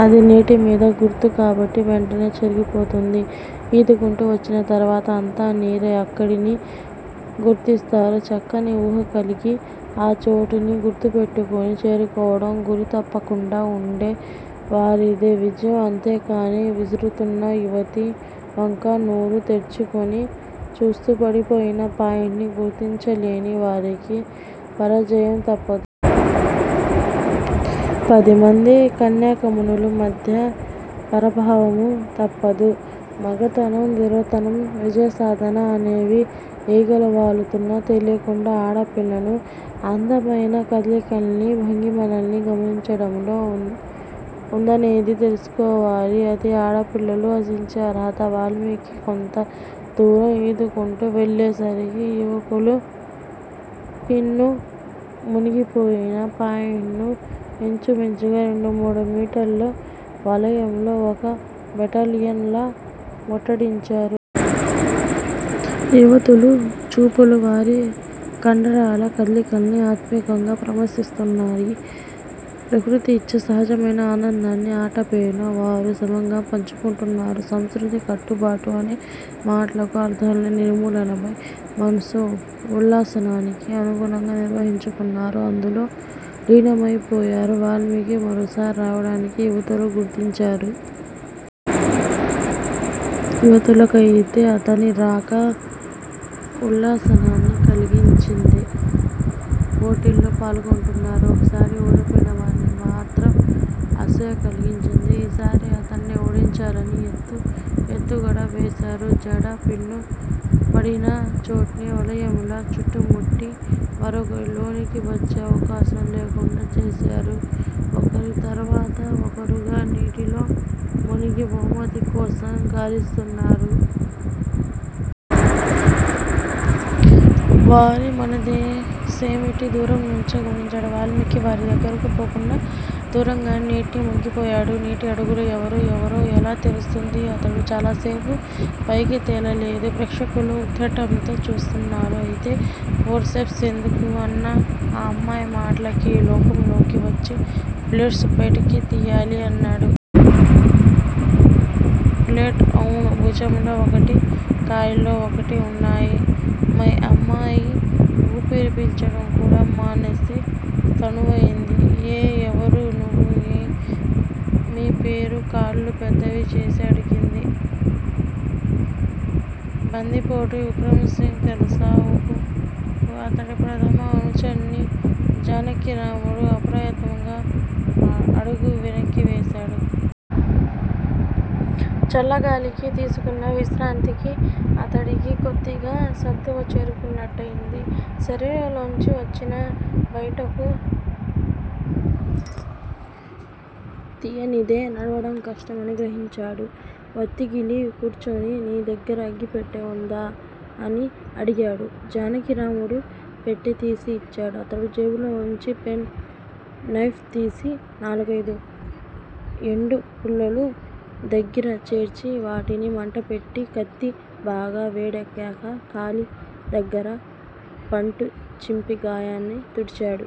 అది నీటి మీద గుర్తు కాబట్టి వెంటనే చెరిగిపోతుంది. ఈదుకుంటూ వచ్చిన తరువాత అంతా నీరే ఎక్కడని గుర్తిస్తారు. చక్కని ఊహ కలిగి ఆ చోటుని గుర్తుపెట్టుకుని చేరుకోవడంలో గురి తప్పకుండా ఉండే వారిదే విజయం. అంతేకాని విసురుతున్న యువతి వంక నోరు తెరుచుకుని చూస్తూ పడిపోయిన పాయింట్ ని గుర్తించలేని వారికి పరాజయం తప్పదు. పది మంది కన్యకామణుల మధ్య పరాభవమూ తప్పదు. మగతనం, ధీరత్వం విజయసాధన అనేవి, ఈగలు వాలుతున్నా తెలియకుండా ఆడపిల్లల అందమయిన కదలికల్ని, భంగిమల్ని గమనించడంలో ఉందనేది తెలుసుకోవాలి! అది ఆడపిల్లలు ఆశించే అర్హత! వాల్మీకి కొంతదూరం ఈదుకుంటూ వెళ్ళేసరికి యువకులు పిన్ను మునిగిపోయిన పాయింట్ ను ఇంచుమించుగా రెండు మూడు మీటర్ల వలయంలో ఒక బెటాలియన్ లా ముట్టడించారు. యువతులు చూపులు వారి కండరాల కదలికల్ని ఆత్మీయంగా పరామర్శిస్తున్నాయి. ప్రకృతి యిచ్చే సహజమైన ఆనందాన్ని ఆట పేరున వారు సమంగా పంచుకుంటున్నారు. సంస్కృతి కట్టుబాటు అనే మాటలకు అర్ధాలను నిర్మలమైన మనసు ఉల్లాసానికి అనుగుణంగా నిర్వచించుకున్నారు. అందులో లీనమయిపోయారు. వాల్మీకి మరోసారి రావడాన్ని యువతులు గుర్తించారు. యువతులకయితే అతని రాక ఉల్లాసాన్ని కలిగించింది. పోటీల్లో పాల్గొంటున్నవారు ఒకసారి ఓడిపోయిన వారికి మాత్రం అసూయ కలిగించింది. ఈసారి అతన్ని ఓడించాలని వారు ఎత్తుగడ వేశారు. జడ పిన్ను పడిన చోటుని వలయంలా చుట్టుముట్టి మరొకరు లోనికి వచ్చే అవకాశం లేకుండా చేశారు. ఒకరి తరువాత ఒకరుగా నీటిలో మునిగి బహుమతి కోసం గాలిస్తున్నారు. వారి మనసేమిటో దూరంనుంచే గమనించాడు వాల్మీకి. వారి దగ్గరకు పోకుండా దూరంగానే నీటిలో మునిగిపోయాడు. నీటి అడుగున ఎవరు ఎవరో ఎలా తెలుస్తుంది. అతడు చాలాసేపు పైకి తేలలేదు. ప్రేక్షకులు ఉత్కంఠతో చూస్తున్నారు. అయినా ఫోర్ సెప్స్ ఎందుకు? అన్న ఆ అమ్మాయి మాటలకి ఈ లోకంలోకి వచ్చి, బులెట్స్ బయటికి తీయాలి అన్నాడు. బులెట్స్? అవును భుజంలో ఒకటి- కాలిలో ఒకటి ఉన్నాయి- మై ఆ అమ్మాయి వూపిరి పీల్చటం కూడా మానేసి స్థాణువైంది. ఎ ఎవరు నువ్వ్ మీ మీరు కళ్ళు పెద్దవిచేసి అడిగింది. బందిపోటు విక్రమ్ సింగ్ తెలుసా ఊహూ అతడి ప్రథమ అనుచరుణ్ని జానకీరాముడు అప్రయత్నంగా అడుగు వెనక్కి వేశాడు. చల్ల గాలికీ, తీసుకున్న విశ్రాంతికి, అతడికి కొద్దిగా సత్తువ చేకూరినట్టయింది. శరీరంలోంచి వాటిని బయటకు తీయనిదే నడవడం కష్టం అని గ్రహించాడు. వత్తిగిలి కూర్చుని నీ దగ్గిర అగ్గిపెట్టె ఉందా అని అడిగాడు! జానకీరాముడు పెట్టెతీసి ఇచ్చాడు. అతడు జేబులోంచి పెన్ నైఫ్ తీసి, నాలుగైదు ఎండు పుల్లలు దగ్గిర చేర్చి, వాటిని మంట పెట్టి కత్తి బాగా వేడెక్కాక, కాలి దగ్గర పాంటు చింపి గాయాన్ని తుడిచాడు.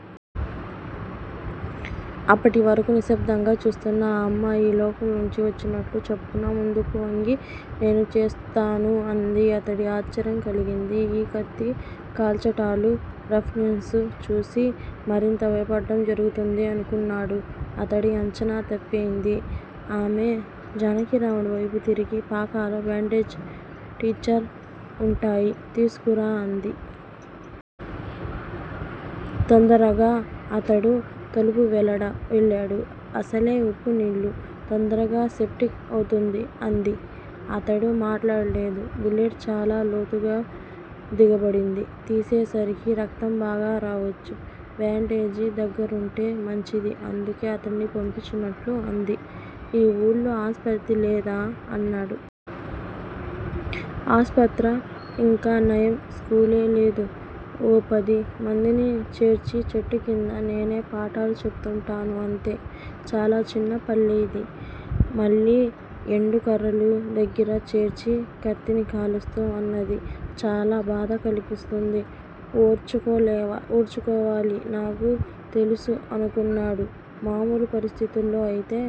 అప్పటి వరకూ నిశ్శబ్దంగా చూస్తున్న ఆ అమ్మాయి ఈ లోకం లోకి వచ్చినట్లు చప్పున ముందుకు వంగి, నేను చేస్తాను అంది. అతడికి ఆశ్చర్యం కలిగింది. ఈ కత్తి కాల్చటాలూ, రఫ్ నెస్సూ చూసి మరింత భయపడటం జరుగుతుంది అనుకున్నాడు. అతడి అంచనా తప్పయింది. ఆమె జానకిరాముడు వైపు తిరిగి పాకలో బ్యాండేజ్, టించర్ వుంటాయి తీసుకురా అంది. తొందరగా రా! అతడు తలూపి వెళ్లాడు. అసలే ఉప్పునీళ్ళు! తొందరగా సెప్టిక్ అవుతుంది అంది. అతడు మాట్లాడలేదు. బులెట్ చాలా లోతుగా దిగబడింది. తీసేసరికి రక్తం బాగా రావొచ్చు. బ్యాండేజి దగ్గరుంటే మంచిది అందుకే అతడిని పంపించినట్టు అంది. ఈ వూళ్ళో ఆస్పత్రి లేదా? అన్నాడు. ఆస్పత్రా? ఇంకా నయం. స్కూలే లేదు. ఓ పది మందిని చేర్చి చెట్టు క్రింద నేనే పాఠాలు చెప్తూంటాను అంతే. చాలా చిన్న పల్లె ఇది. మళ్ళీ ఎండు కర్రలు దగ్గిర చేర్చి కత్తిని కాలుస్తూ అన్నది చాలా బాధకలిగిస్తుంది, ఓర్చుకోవాలి. నాకు తెలుసు అనుకున్నాడు. మామూలు పరిస్థితుల్లో అయితే